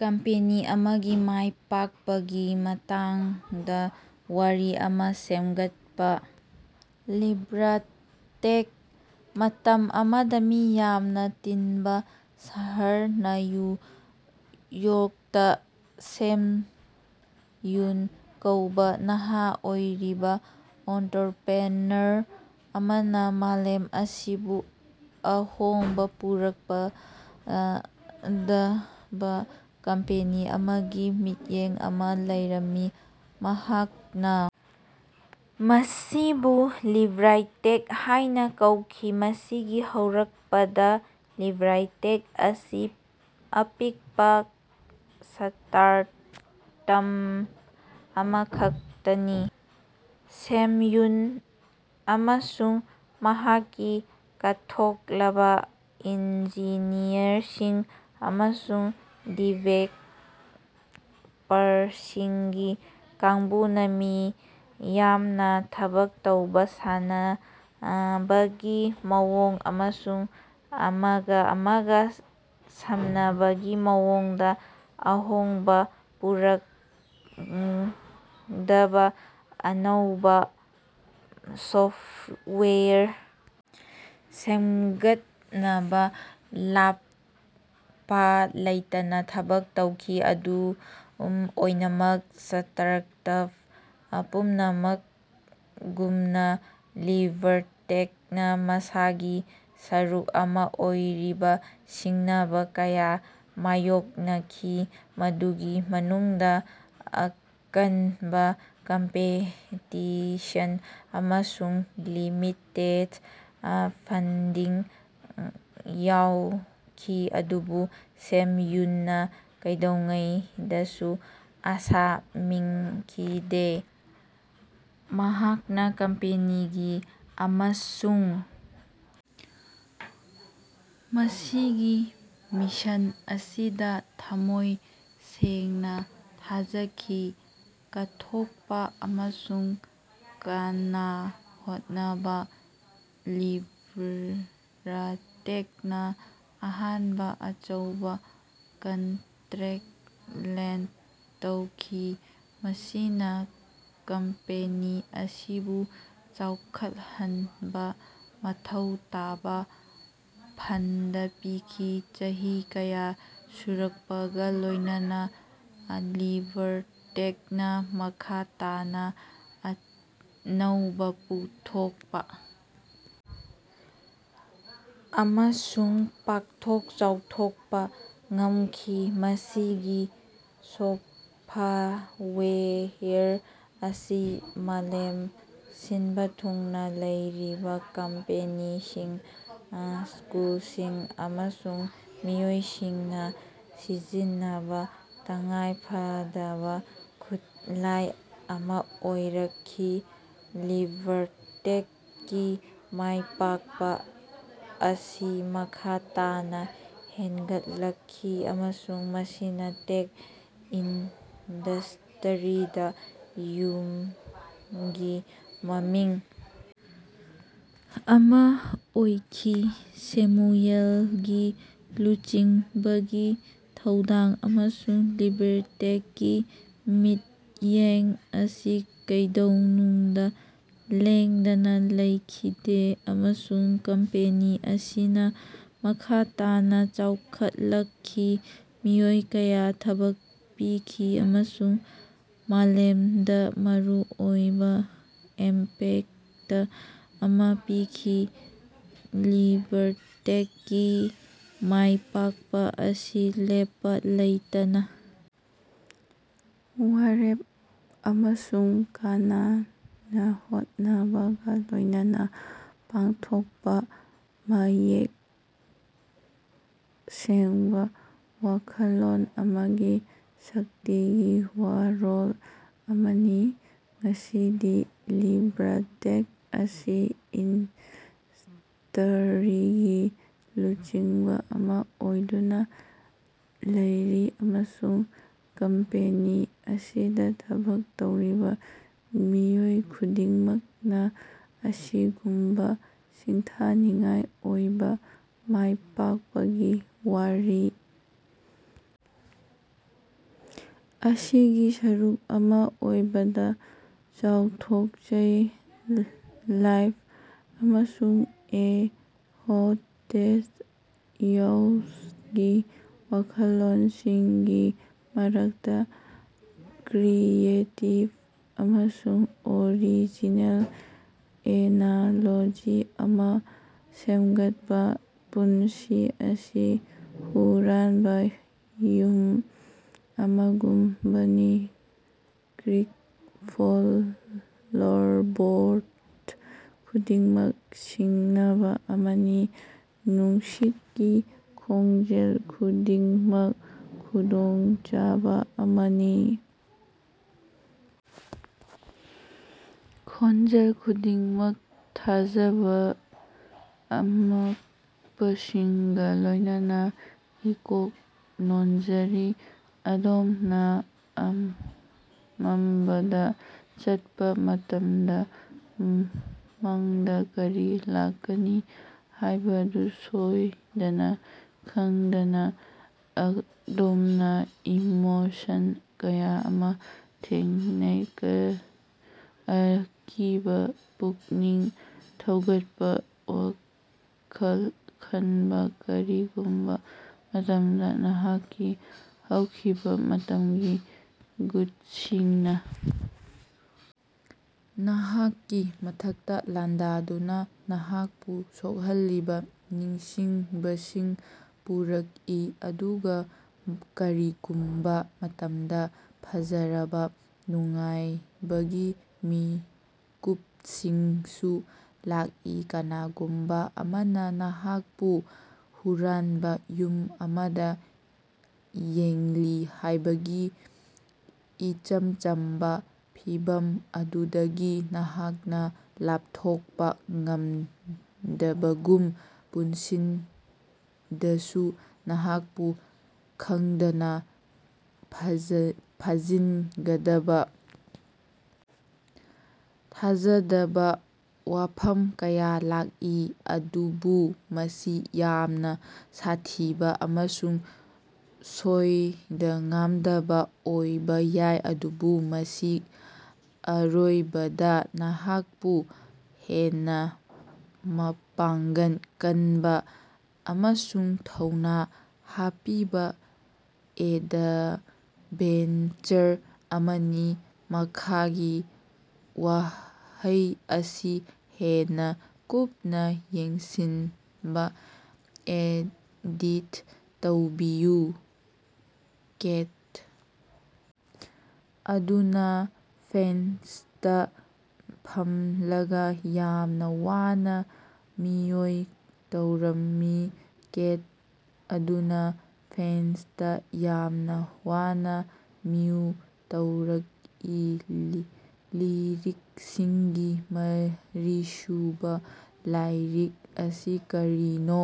Company ꯑꯃꯒꯤ ꯃꯥꯏ ꯄꯥꯛꯄꯒꯤ ꯃꯇꯥꯡꯗꯥ ꯋꯥꯔꯤ ꯑꯃꯥ ꯁꯦꯝꯒꯠꯄꯥ꯫ ꯂꯤꯕ꯭ꯔꯥꯇꯦꯛ ꯃꯇꯝ ꯑꯃꯗꯥ, ꯃꯤ ꯌꯥꯝꯅꯥ ꯇꯤꯟꯕꯥ ꯁꯍꯔ ꯅ꯭ꯌꯨ ꯌꯣꯔꯛꯇꯥ, ꯁꯦꯝꯌꯨꯜ ꯀꯧꯕꯥ ꯅꯍꯥ ꯑꯣꯏꯔꯤꯕꯥ ꯑꯣꯟꯇꯔꯄꯔꯤꯅꯔ ꯑꯃꯅ ꯃꯥꯂꯦꯝ ꯑꯁꯤꯕꯨ ꯑꯍꯣꯡꯕ ꯄꯨꯔꯛꯀꯗꯕꯥ ꯀꯝꯄꯦꯅꯤ ꯑꯃꯒꯤ ꯃꯤꯠꯌꯦꯡ ꯑꯃ ꯂꯩꯔꯝꯃꯤ꯫ ꯃꯍꯥꯛꯅ ꯃꯁꯤꯕꯨ ꯂꯤꯕ꯭ꯔꯥꯇꯦꯛ ꯍꯥꯏꯅ ꯀꯧꯈꯤ꯫ ꯃꯁꯤꯒꯤ ꯍꯧꯔꯛꯄꯗꯥ ꯂꯤꯕ꯭ꯔꯥꯇꯦꯛ ꯑꯁꯤ ꯑꯄꯤꯛꯄꯥ ꯁ꯭ꯇꯥꯔꯇꯑꯞ ꯑꯃꯈꯛꯇꯅꯤ꯫ ꯁꯦꯝꯌꯨꯜ ꯑꯃꯁꯨꯡ ꯃꯍꯥꯛꯀꯤ ꯀꯠꯊꯣꯛꯂꯕ ꯏꯟꯖꯤꯅꯤꯌꯔꯁꯤꯡ ꯑꯃꯁꯨꯡ ꯗꯤꯕꯦꯂꯄꯔꯁꯤꯡꯒꯤ ꯀꯥꯡꯕꯨꯅ ꯃꯤꯌꯥꯝꯅ ꯊꯕꯛ ꯇꯧꯕ, ꯁꯥꯟꯅꯕꯒꯤ ꯃꯑꯣꯡ ꯑꯃꯁꯨꯡ ꯑꯃꯒꯥ ꯑꯃꯒꯥ ꯁꯝꯅꯕꯒꯤ ꯃꯑꯣꯡꯗꯥ ꯑꯍꯣꯡꯕꯥ ꯄꯨꯔꯛꯀꯗꯕꯥ ꯑꯅꯧꯕꯥ ꯁꯣꯐꯋꯦꯌꯔ ꯁꯦꯝꯒꯠꯅꯕꯥ ꯂꯥꯞꯄꯥ ꯂꯩꯇꯅꯥ ꯊꯕꯛ ꯇꯧꯈꯤ꯫ ꯑꯗꯨꯝ ꯑꯣꯏꯅꯃꯛ ꯁ꯭ꯇꯥꯔꯇꯑꯞ ꯄꯨꯝꯅꯃꯛꯒꯨꯝꯅꯥ ꯂꯤꯕ꯭ꯔꯥꯇꯦꯛꯅꯥ ꯃꯁꯥꯒꯤ ꯁꯔꯨꯛ ꯑꯃꯥ ꯑꯣꯏꯔꯤꯕꯥ ꯁꯤꯡꯅꯕꯥ ꯀꯌꯥ ꯃꯥꯌꯣꯛꯅꯈꯤ, ꯃꯗꯨꯒꯤ ꯃꯅꯨꯡꯗꯥ ꯑꯀꯟꯕꯥ ꯀꯝꯄꯤꯇꯤꯁꯟ ꯑꯃꯁꯨꯡ ꯂꯤꯃꯤꯇꯦꯗ ꯐꯟꯗꯤꯡ ꯌꯥꯎꯈꯤ꯫ ꯑꯗꯨꯕꯨ ꯁꯦꯝꯌꯨꯜꯅꯥ ꯀꯩꯗꯧꯉꯩꯗꯁꯨ ꯑꯥꯁꯥ ꯃꯥꯡꯈꯤꯗꯦ꯫ ꯃꯍꯥꯛꯅꯥ ꯀꯝꯄꯦꯅꯤ ꯑꯃꯁꯨꯡ ꯃꯁꯤꯒꯤ ꯃꯤꯁꯟ ꯑꯁꯤꯗꯥ ꯊꯝꯃꯣꯏ ꯁꯦꯡꯅꯥ ꯊꯥꯖꯈꯤ꯫ ꯀꯠꯊꯣꯛꯄꯥ ꯑꯃꯁꯨꯡ ꯀꯟꯅꯥ ꯍꯣꯠꯅꯕꯅꯥ ꯂꯤꯕ꯭ꯔꯥꯇꯦꯛꯅꯥ ꯑꯍꯥꯟꯕ ꯑꯆꯧꯕꯥ ꯀꯟꯇꯔꯦꯛ ꯂꯦꯟꯗ ꯇꯧꯈꯤ, ꯃꯁꯤꯅꯥ ꯀꯝꯄꯦꯅꯤ ꯑꯁꯤꯕꯨ ꯆꯥꯎꯈꯠꯍꯟꯅꯕꯥ ꯃꯊꯧ ꯇꯥꯕꯥ ꯐꯟꯗ ꯄꯤꯈꯤ꯫ ꯆꯍꯤ ꯀꯌꯥ ꯁꯨꯔꯛꯄꯒꯥ ꯂꯣꯏꯅꯅ ꯂꯤꯕ꯭ꯔꯥꯇꯦꯛꯅꯥ ꯃꯈꯥ ꯇꯥꯅꯥ ꯑꯅꯧꯕꯥ ꯄꯨꯊꯣꯛꯄꯥ ꯑꯃꯁꯨꯡ ꯄꯥꯛꯊꯣꯛ ꯆꯥꯎꯊꯣꯛꯄꯥ ꯉꯝꯈꯤ꯫ ꯃꯁꯤꯒꯤ ꯁꯣꯐꯋꯦꯌꯔ ꯑꯁꯤ ꯃꯥꯂꯦꯝ ꯁꯤꯅꯕꯥ ꯊꯨꯡꯅꯥ ꯂꯩꯔꯤꯕꯥ ꯀꯝꯄꯦꯅꯤꯁꯤꯡ, ꯁ꯭ꯀꯨꯜꯁꯤꯡ ꯑꯃꯁꯨꯡ ꯃꯤꯑꯣꯏꯁꯤꯡꯅꯥ ꯁꯤꯖꯤꯟꯅꯕꯥ ꯇꯉꯥꯏ ꯐꯗꯕꯥ ꯈꯨꯠꯂꯥꯏ ꯑꯃꯥ ꯑꯣꯏꯔꯛꯈꯤ꯫ ꯂꯤꯕ꯭ꯔꯥꯇꯦꯛꯀꯤ ꯃꯥꯏꯄꯥꯛꯄꯥ ꯑꯁꯤ ꯃꯈꯥ ꯇꯥꯅꯥ ꯍꯦꯟꯒꯠꯂꯛꯈꯤ, ꯑꯃꯁꯨꯡ ꯃꯁꯤ ꯇꯦꯛ ꯏꯟꯗꯁꯇꯔꯤꯗꯥ ꯌꯨꯝꯒꯤ ꯃꯃꯤꯡ ꯑꯃꯥ ꯑꯣꯏꯈꯤ꯫ ꯁꯦꯃꯨꯌꯦꯜꯒꯤ ꯂꯨꯆꯤꯡꯕꯒꯤ ꯊꯧꯗꯥꯡ ꯑꯃꯁꯨꯡ ꯂꯤꯕ꯭ꯔꯥꯇꯦꯛꯀꯤ ꯃꯤꯠꯌꯦꯡ ꯑꯁꯤ ꯀꯩꯗꯧꯅꯨꯡꯗꯥ ꯂꯦꯡꯗꯅꯥ ꯂꯩꯈꯤꯗꯦ, ꯑꯃꯁꯨꯡ ꯀꯝꯄꯦꯅꯤ ꯑꯁꯤꯅꯥ ꯃꯈꯥ ꯇꯥꯅꯥ ꯆꯥꯎꯈꯠꯂꯛꯈꯤ, ꯃꯤꯑꯣꯏ ꯀꯌꯥ ꯊꯕꯛ ꯄꯤꯈꯤ ꯑꯃꯁꯨꯡ ꯃꯥꯂꯦꯃꯗꯥ ꯃꯔꯨꯑꯣꯏꯕꯥ ꯏꯝꯄꯦꯛꯇ ꯑꯃꯥ ꯄꯤꯈꯤ꯫ ꯂꯤꯕ꯭ꯔꯥꯇꯦꯛꯀꯤ ꯃꯥꯏꯄꯥꯛꯄꯥ ꯑꯁꯤ ꯂꯦꯞꯄꯥ ꯂꯩꯇꯅꯥ ꯋꯥꯔꯦꯞ ꯑꯃꯁꯨꯡ ꯀꯟꯅꯥ ꯍꯣꯠꯅꯕꯒꯥ ꯂꯣꯏꯅꯅ ꯄꯥꯡꯊꯣꯛꯄꯥ ꯃꯌꯦꯛ ꯁꯦꯡꯕꯥ ꯋꯥꯈꯜꯂꯣꯟ ꯑꯃꯒꯤ ꯁꯛꯇꯤꯒꯤ ꯋꯥꯔꯣꯜ ꯑꯃꯅꯤ꯫ ꯉꯁꯤꯗꯤ ꯂꯤꯕ꯭ꯔꯥꯇꯦꯛ ꯑꯁꯤ ꯏꯟꯗꯁ꯭ꯇꯔꯤꯒꯤ ꯂꯨꯆꯤꯡꯕꯥ ꯑꯃꯥ ꯑꯣꯏꯗꯨꯅꯥ ꯂꯩꯔꯤ, ꯑꯃꯁꯨꯡ ꯀꯝꯄꯦꯅꯤ ꯑꯁꯤꯗꯥ ꯊꯕꯛ ꯇꯧꯔꯤꯕꯥ ꯃꯤꯑꯣꯏ ꯈꯨꯗꯤꯡꯃꯛꯅꯥ ꯑꯁꯤꯒꯨꯝꯕꯥ ꯁꯤꯡꯊꯥꯅꯤꯡꯉꯥꯏ ꯑꯣꯏꯕꯥ ꯃꯥꯏꯄꯥꯛꯄꯒꯤ ꯋꯥꯔꯤ ꯑꯁꯤꯒꯤ ꯁꯔꯨꯛ ꯑꯃꯥ ꯑꯣꯏꯕꯗꯥ ꯆꯥꯎꯊꯣꯛꯆꯩ꯫ "ꯂꯥꯏꯐ" ꯑꯃꯁꯨꯡ "ꯑꯦ ꯍꯣꯟꯇꯦꯗ ꯍꯥꯎꯁ"ꯒꯤ ꯋꯥꯈꯜꯂꯣꯟꯁꯤꯡꯒꯤ ꯃꯔꯛꯇꯥ ꯀ꯭ꯔꯤꯌꯦꯇꯤꯕ ꯑꯃꯁꯨꯡ ꯑꯣꯔꯤꯖꯤꯅꯦꯜ ꯑꯦꯅꯥꯂꯣꯖꯤ ꯑꯃꯥ ꯁꯦꯝꯒꯠꯄꯥ꯫ ꯄꯨꯟꯁꯤ ꯑꯁꯤ ꯍꯨꯔꯥꯅꯕꯥ ꯌꯨꯝ ꯑꯃꯒꯨꯝꯕꯅꯤ; ꯀ꯭ꯔꯤꯛ ꯐ꯭ꯂꯣꯔꯕꯣꯔꯗ ꯈꯨꯗꯤꯡꯃꯛ ꯁꯤꯡꯅꯕꯥ ꯑꯃꯅꯤ, ꯅꯨꯡꯁꯤꯠꯀꯤ ꯈꯣꯡꯖꯦꯜ ꯈꯨꯗꯤꯡꯃꯛ ꯈꯨꯗꯣꯡꯆꯥꯕꯥ ꯑꯃꯅꯤ, ꯈꯣꯟꯖꯦꯜ ꯈꯨꯗꯤꯡꯃꯛ ꯊꯥꯖꯗꯕꯥ ꯑꯉꯛꯄꯁꯤꯡꯒꯥ ꯂꯣꯏꯅꯅ ꯏꯀꯣꯛ ꯅꯣꯟꯖꯔꯤ꯫ ꯑꯗꯣꯝꯅꯥ ꯑꯃꯝꯕꯗꯥ ꯆꯠꯄꯥ ꯃꯇꯃꯗꯥ, ꯃꯥꯡꯗꯥ ꯀꯔꯤ ꯂꯥꯛꯀꯅꯤ ꯍꯥꯏꯕꯗꯨ ꯁꯣꯏꯗꯅꯥ ꯈꯪꯗꯅꯥ, ꯑꯗꯣꯝꯅꯥ ꯏꯃꯣꯁꯟ ꯀꯌꯥ ꯑꯃꯥ ꯊꯦꯡꯅꯩ- ꯑꯀꯤꯕꯥ, ꯄꯨꯛꯅꯤꯡ ꯊꯧꯒꯠꯄꯥ, ꯋꯥꯈꯜ ꯈꯟꯕꯥ꯫ ꯀꯔꯤꯒꯨꯝꯕꯥ ꯃꯇꯝꯗ ꯅꯍꯥꯛꯀꯤ ꯍꯧꯈꯤꯕꯥ ꯃꯇꯝꯒꯤ ꯚꯨꯇꯁꯤꯡꯅꯥ ꯅꯍꯥꯛꯀꯤ ꯃꯊꯛꯇꯥ ꯂꯥꯟꯗꯥꯗꯨꯅꯥ ꯅꯍꯥꯛꯄꯨ ꯁꯣꯛꯍꯜꯂꯤꯕꯥ ꯅꯤꯡꯁꯤꯡꯕꯁꯤꯡ ꯄꯨꯔꯛꯏ, ꯑꯗꯨꯒꯥ ꯀꯔꯤꯒꯨꯝꯕꯥ ꯃꯇꯝꯗ ꯐꯖꯔꯕꯥ ꯅꯨꯡꯉꯥꯏꯕꯒꯤ ꯃꯤꯀꯨꯄꯁꯤꯡꯁꯨ ꯂꯥꯛꯏ꯫ ꯀꯅꯥꯒꯨꯝꯕꯥ ꯑꯃꯅꯥ ꯅꯍꯥꯀꯄꯨ ꯍꯨꯔꯥꯅꯕꯥ ꯌꯨꯝ ꯑꯃꯗꯥ ꯌꯦꯡꯂꯤ ꯍꯥꯏꯕꯒꯤ ꯏꯆꯝ ꯆꯝꯕꯥ ꯐꯤꯚꯝ ꯑꯗꯨꯗꯒꯤ ꯅꯍꯥꯛꯅꯥ ꯂꯥꯄꯊꯣꯀꯄꯥ ꯉꯃꯗꯕꯒꯨꯝ, ꯄꯨꯟꯁꯤꯗꯁꯨ ꯅꯍꯥꯛꯄꯨ ꯈꯪꯗꯅꯥ ꯐꯥꯖꯤꯟꯒꯗꯕꯥ ꯊꯥꯖꯗꯕꯥ ꯋꯥꯐꯝ ꯀꯌꯥ ꯂꯥꯛꯏ꯫ ꯑꯗꯨꯕꯨ ꯃꯁꯤ ꯌꯥꯝꯅꯥ ꯁꯥꯊꯤꯕꯥ ꯑꯃꯁꯨꯡ ꯁꯣꯏꯗ-ꯉꯥꯝꯗꯕꯥ ꯑꯣꯏꯕꯥ ꯌꯥꯏ ꯑꯗꯨꯕꯨ ꯃꯁꯤ ꯑꯔꯣꯏꯕꯗꯥ ꯅꯍꯥꯛꯄꯨ ꯍꯦꯟꯅꯥ ꯃꯄꯥꯡꯒꯜ ꯀꯅꯕꯥ ꯑꯃꯁꯨꯡ ꯊꯧꯅꯥ ꯍꯥꯞꯄꯤꯕꯥ ꯑꯦꯗꯚꯦꯟꯆꯔ ꯑꯃꯅꯤ꯫ ꯃꯈꯥꯒꯤ ꯋꯥꯍꯩ ꯑꯁꯤ ꯍꯦꯟꯅꯥ ꯀꯨꯞꯅꯥ ꯌꯦꯡꯁꯤꯟꯅꯕꯥ ꯑꯦꯗꯤꯠ ꯇꯧꯕꯤꯌꯨ: "ꯀꯦꯠ ꯑꯗꯨꯅꯥ ꯐꯦꯟꯁꯇꯥ ꯐꯝꯂꯒꯥ ꯌꯥꯝꯅꯥ ꯋꯥꯅꯥ ꯃꯤꯎꯏ ꯇꯧꯔꯝꯃꯤ"꯫ "ꯀꯦꯠ ꯑꯗꯨꯅꯥ ꯐꯦꯟꯁꯇꯥ ꯌꯥꯝꯅꯥ ꯋꯥꯅꯥ ꯃꯤꯎ ꯇꯧꯔꯛꯏ꯫" ꯂꯤꯔꯤꯛꯁꯤꯡꯒꯤ ꯃꯔꯤꯁꯨꯕꯥ ꯂꯥꯏꯔꯤꯛ ꯑꯁꯤ ꯀꯔꯤꯅꯣ